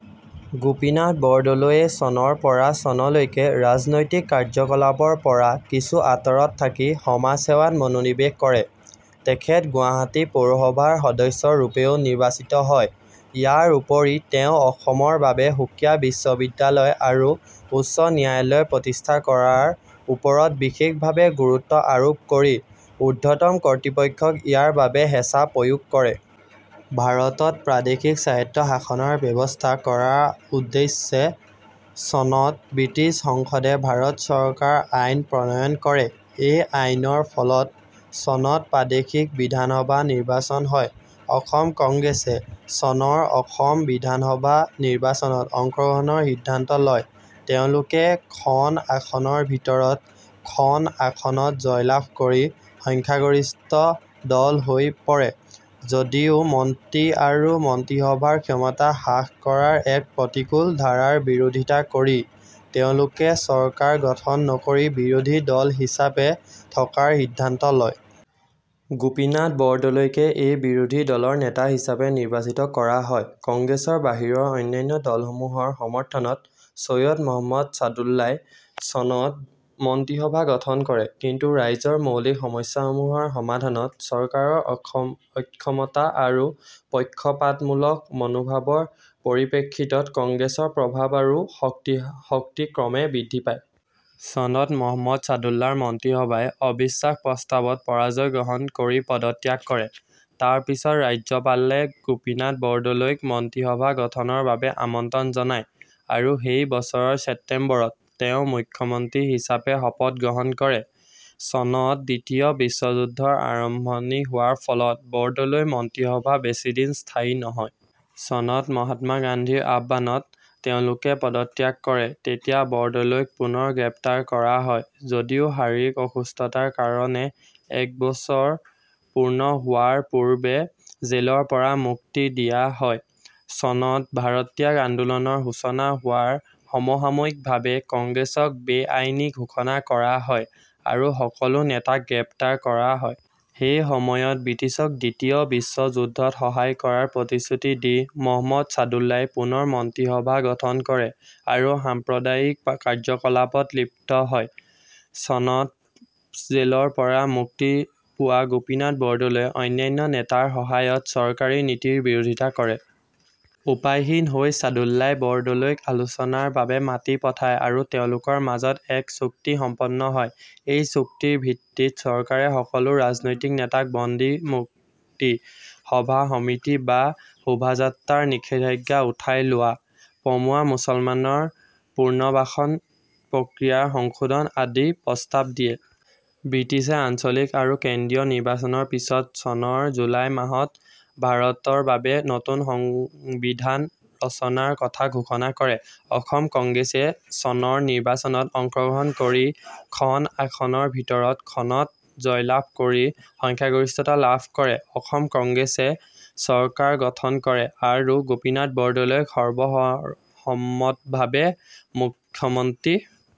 গোপীনাথ বৰদলৈয়ে চনৰপৰা চনলৈকে ৰাজনৈতিক কাৰ্য্যকলাপৰ পৰা কিছু আঁতৰত থাকি সমাজসেৱাত মনোনিবেশ কৰে। তেখেত গুৱাহাটী পৌৰসভাৰ সদস্যৰূপেও নিৰ্বাচিত হয়। ইয়াৰ উপৰি তেওঁ অসমৰ বাবে সুকীয়া বিশ্ববিদ্যালয় আৰু উচ্চ ন্যায়ালয় প্ৰতিষ্ঠা কৰাৰ ওপৰত বিশেষ ভাৱে গুৰুত্ব আৰোপ কৰি উৰ্দ্ধতম কৰ্তৃপক্ষক ইয়াৰ বাবে হেঁচা প্ৰয়োগ কৰে। ভাৰতত প্ৰাদেশিক স্বায়ত্তশাসনৰ ব্যৱস্থা কৰা উদ্দেশ্য চনত ব্ৰিটিছ সংসদে ভাৰত চৰকাৰ আইন প্ৰণয়ন কৰে। এই আইনৰ ফলত চনত প্ৰাদেশিক বিধানসভা নিৰ্বাচন হয়। অসম কংগ্ৰেছে চনৰ অসম বিধানসভা নিৰ্বাচনত অংশগ্ৰহণৰ সিদ্ধান্ত লয়। তেওঁলোকে খন আসনৰ ভিতৰত খন আসনত জয়লাভ কৰি সংখ্যাগৰিষ্ঠ দল হৈ পৰে, যদিও মন্ত্ৰী আৰু মন্ত্ৰীসভাৰ ক্ষমতা হ্ৰাস কৰাৰ এক প্ৰতিকূল ধাৰাৰ বিৰোধিতা কৰি তেওঁলোকে চৰকাৰ গঠন নকৰি বিৰোধী দল হিচাপে থকাৰ সিদ্ধান্ত লয়। গোপীনাথ বৰদলৈকে এই বিৰোধী দলৰ নেতা হিচাপে নিৰ্বাচিত কৰা হয়। কংগ্ৰেছৰ বাহিৰৰ অন্যান্য দলসমূহৰ সমৰ্থনত ছৈয়দ মহম্মদ ছাদুল্লাই চনত মন্ত্ৰীসভা গঠন কৰে। কিন্তু ৰাইজৰ মৌলিক সমস্যাসমূহৰ সমাধানত চৰকাৰৰ অক্ষমতা আৰু পক্ষপাতমূলক মনোভাৱৰ পৰিপ্ৰেক্ষিতত কংগ্ৰেছৰ প্ৰভাৱ আৰু শক্তি ক্ৰমে বৃদ্ধি পায়। চনত মহম্মদ ছাদুল্লাৰ মন্ত্ৰীসভাই অবিশ্বাস প্ৰস্তাৱত পৰাজয় গ্ৰহণ কৰি পদত্যাগ কৰে। তাৰ পিছত ৰাজ্যপালে গোপীনাথ বৰদলৈক মন্ত্ৰীসভা গঠনৰ বাবে আমন্ত্ৰণ জনায় আৰু সেই বছৰৰ ছেপ্তেম্বৰত তেওঁ মুখ্যমন্ত্ৰী হিচাপে শপত গ্ৰহণ কৰে। চনত দ্বিতীয় বিশ্বযুদ্ধৰ আৰম্ভণি হোৱাৰ ফলত বৰদলৈৰ মন্ত্ৰীসভা বেছিদিন স্থায়ী নহয়। চনত মহাত্মা গান্ধীৰ আহ্বানত তেওঁলোকে পদত্যাগ কৰে। তেতিয়া বৰদলৈক পুনৰ গ্ৰেপ্তাৰ কৰা হয়, যদিও শাৰীৰিক অসুস্থতাৰ কাৰণে এক বছৰ পূৰ্ণ হোৱাৰ পূৰ্বে জেলৰ পৰা মুক্তি দিয়া হয়। চনত ভাৰত ত্যাগ আন্দোলনৰ সূচনা হোৱাৰ সমসাময়িকভাৱে কংগ্ৰেছক বেআইনী ঘোষণা কৰা হয় আৰু সকলো নেতাক গ্ৰেপ্তাৰ কৰা হয়। সেই সময়ত ব্ৰিটিছক দ্বিতীয় বিশ্বযুদ্ধত সহায় কৰাৰ প্ৰতিশ্ৰুতি দি মহম্মদ ছাদুল্লাই পুনৰ মন্ত্ৰীসভা গঠন কৰে আৰু সাম্প্ৰদায়িক কাৰ্যকলাপত লিপ্ত হয়। চনত জেলৰ পৰা মুক্তি পোৱা গোপীনাথ বৰদলৈয়ে অন্যান্য নেতাৰ সহায়ত চৰকাৰৰ নীতিৰ বিৰোধিতা কৰে। উপায়হীন হৈ ছাদুল্লাই বৰদলৈক আলোচনাৰ বাবে মাতি পঠায় আৰু তেওঁলোকৰ মাজত এক চুক্তি সম্পন হয়। এই চুক্তিৰ ভিত্তিত চৰকাৰে সকলো ৰাজনৈতিক নেতাক বন্দী মুক্তি, সভা-সমিতি বা শোভাযাত্ৰাৰ নিষেধাজ্ঞা উঠাই লোৱা, পমুৱা মুছলমানৰ পুনৰ্বাসন প্ৰক্ৰিয়াৰ সংশোধন আদি প্ৰস্তাৱ দিয়ে। ব্ৰিটিছে আঞ্চলিক আৰু কেন্দ্ৰীয় নিৰ্বাচনৰ পিছত চনৰ জুলাই মাহত ভাৰতৰ বাবে নতুন সংবিধান ৰচনাৰ কথা ঘোষণা কৰে। অসম কংগ্ৰেছে চনৰ নিৰ্বাচনত অংশগ্ৰহণ কৰি খন আসনৰ ভিতৰত খনত জয়লাভ কৰি সংখ্যাগৰিষ্ঠতা লাভ কৰে। অসম কংগ্ৰেছে চৰকাৰ গঠন কৰে আৰু গোপীনাথ বৰদলৈক সৰ্বসম্মতভাৱে মুখ্যমন্ত্ৰী